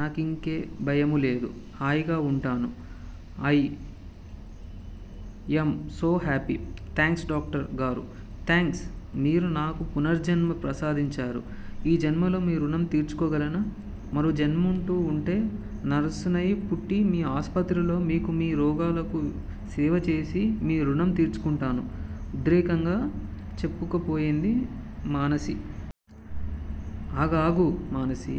నాకింకే భయమూలేదు. హాయిగా వుంటాను. I am so happy! Thanks doctor గారూ! థ్యాంక్స్? మీరు నాకు పునర్జన్మను ప్రసాదించారు. ఈ జన్మలో మీ రుణం తీర్చుకోగలనా? మరో జన్మంటూ వుంటే, నర్సు నై పుట్టి మీ ఆసుపత్రిలో, మీకూ, మీ రోగులకూ సేవచేసి మీ రుణం తీర్చుకుంటాను ఉద్రేకంగా చెప్పుకుపోయింది మానసి. ఆగాగు! ఆగు మానసీ!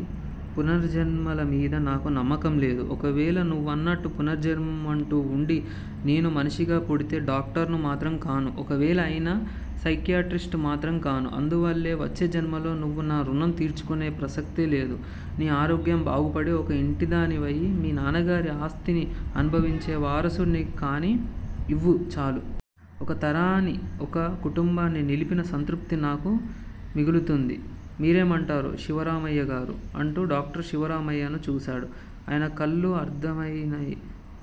పునర్జన్మలమీద నాకు నమ్మకంలేదు. ఒకవేళ నువ్వన్నట్టు పునర్జన్మంటూ వుండి, నేనుమనిషిగా పుడితే డాక్టర్ను మాత్రం కాను. ఒకవేళ అయినా సైకియాట్రిస్టునుమాత్రం కాను. అందువల్ల వచ్చే జన్మలో నువ్వు నా రుణం తీర్చుకొనే ప్రసక్తేలేదు. నీ ఆరోగ్యం బాగుపడి, ఒక ఇంటిదానివయి, మీ నాన్నగారిని ఆస్తిని అణుభావించే వారసుడ్ని కానీ ఇవ్వు చాలు. ఒక తరాన్ని ఒక కుటుంబాన్ని నిలిపిన సంతృప్తి నాకు మిగులుతుంది, మీరేమంటారు శివరామయ్యగారూ? అంటూ డాక్టర్ శివరామయ్యను చూశాడు. ఆయనకళ్ళు ఆర్ద్రమైనాయి.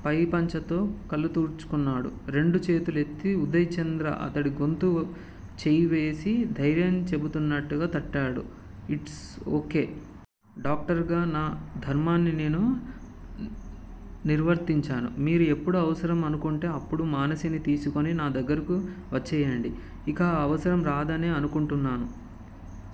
పై పంచతో కళ్ళోత్తుకున్నాడు. రెండు చేతులూ ఎత్తి ఉదయ్ చంద్ర అతడి గొంతు చెయ్యివేసి దైర్యం చెపుతున్నట్టుగా తట్టాడు. It's కె! డాక్టర్ గా నా ధర్మాన్ని నేను నిర్వర్తించాను మీరు ఎప్పుడు అవసరం అనుకొంటే, అప్పుడు మానసిని తీసుకొని నా దగ్గరకు వచ్చెయ్యండి. ఇక ఆ అవసరం రాదనే అనుకొంటున్నాను.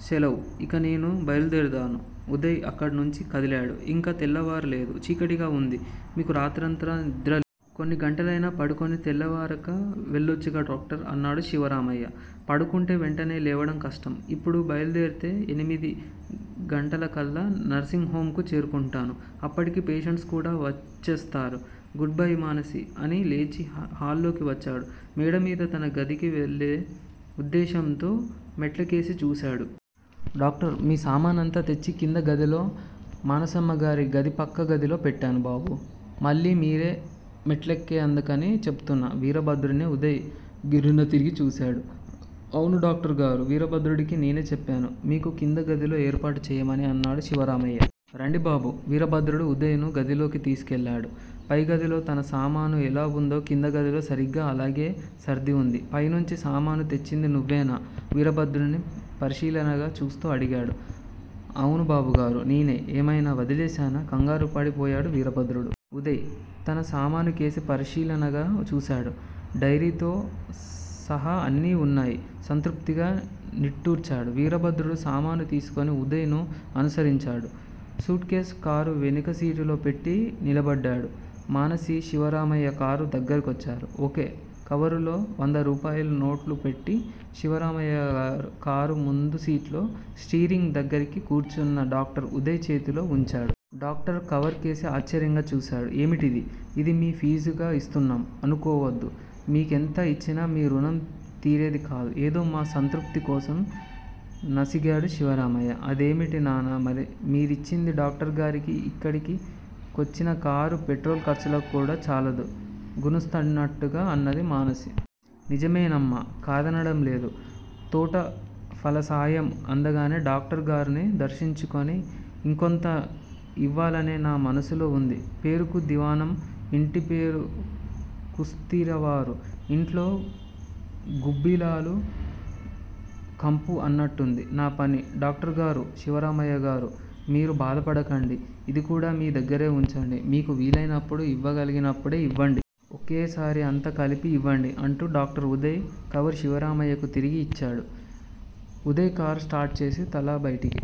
శెలవ్. ఇక నేను బయలుదేర్తాను. ఉదయ్ అక్కడ్నుంచి కదిలాడు. ఇంకా తెల్లవారలేదు. చీకటిగా వుంది. మీకు రాత్రంతా నిద్రలేదు. కొన్ని గంటలైనా పడుకొని, తెల్లవారాకా వెళ్ళోచ్చుగా డాక్టర్! అన్నాడు శివరామయ్య. పడుకుంటే వెంటనే లేవడం కష్టం! ఇప్పుడు బయలుదేరితే ఎనిమిది గంటలకళ్ళా నర్సింగ్ హొమ్ కు చేరుకుంటాను. అప్పటికి ఫేషెంట్సు కూడా వచ్చేస్తారు. Goodbye Manasi! అని లేచి హాల్లోకి వచ్చాడు. మేడమీద తన గదికి వెళ్ళే ఉద్దేశ్యంతో మెట్లకేసి చూశాడు. డాక్టర్! మీ సామానంతా తెచ్చి కింద గదిలో మానసమ్మగారి గది పక్కగదిలో పెట్టాను బాబూ. మళ్ళీ మీరా మెట్లెక్కడమెందుకని చెప్తూన్న వీరభద్రుడ్ని ఉదయ్ గిర్రున తిరిగి చూశాడు. అవును డాక్టర్ గారూ. వీరభద్రుడికి నేనే చెప్పాను. మీకు కింద గదిలో ఏర్పాటు చెయ్యమని అన్నాడు శివరామయ్య. రండి బాబూ! వీరభద్రుడు ఉదయ్ ను గదిలోకి తీసుకెళ్ళాడు. పై గదిలో తన సామాను ఎలావుందో కింద గదిలో సరిగ్గా అలాగే సర్దివుంది. పైనుంచి సామాను తెచ్చింది నువ్వేనా? వీరభద్రుడ్ని పరిశీలనగా చూస్తూ అడిగాడు. అవును బాబుగారూ! నేనే! ఏమైనా వదిలేశానా? కంగారూపడి పోయాడు వీరభద్రుడు. ఉదయ్ తన సామానుకేసి పరిశీలనగా చూశాడు. డైరీతో సహాఅన్నీ వున్నాయి. సంతృప్తిగా నిట్టూర్చాడు. వీరభద్రుడు సామాను తీసుకొని ఉదయ్ ను అనుసరించాడు. సూట్ కేసు కారు వెనకసీట్లో పెట్టి నిలబడ్డాడు. మానసి, శివరామయ్య కారు దగ్గరకొచ్చారు. ఒక కవరులో వందరూపాయల నోట్లుపెట్టి, శివరామయ్య కారు ముందుసీట్లో స్టీరింగ్ దగ్గిరకి కూర్చున్న డాక్టర్ ఉదయ్ చేతుల్లో వుంచాడు. డాక్టర్ కవర్ కేసి ఆశ్చర్యంగా చూశాడు. ఏమిటిది? ఇది మీ ఫీజుగా ఇస్తున్నాం అనుకోవద్దు మీకెంత ఇచ్చినా మీ రుణం తీరేదికాదు. ఏదో మా సంతృప్తికోసం నసిగాడు శివరామయ్య. అదేమిటి నాన్నా! మీరిచ్చింది డాక్టర్ గారికి ఇక్కడి కొచ్చినకారు పెట్రోలు ఖర్చులకు కూడా చాలదు. గుణుస్తున్నట్టుగా అన్నది మానసి. నిజమేనమ్మా! కాదనడంలేదు! తోటఫలసాయం అందగానే డాక్టరుగార్ని దర్శించుకొని, ఇంకొంత ఇవ్వాలనే నా మనసులో వుంది. పేరుకు దివాణం. ఇంటిపేరు కస్తూరివారు, ఇంట్లో గుబ్బిలాలు కంపు అన్నట్టుంది నా పని డాక్టరుగారూ? శివరామయ్యగారూ! మీరు బాధపడకండి. ఇదికూడా మీ దగ్గిరే వుంచండి. మీకు వీలైనప్పుడే, ఇవ్వగలగినప్పుడే ఇవ్వండి. ఒకేసారిఅంతా కలిపి ఇవ్వండి అంటూ డాక్టర్ ఉదయ్, కవరు శివరామయ్యకు తిరిగి ఇచ్చేశాడు. ఉదయ్ కారు స్టార్ట్ చేసి తల బయటికి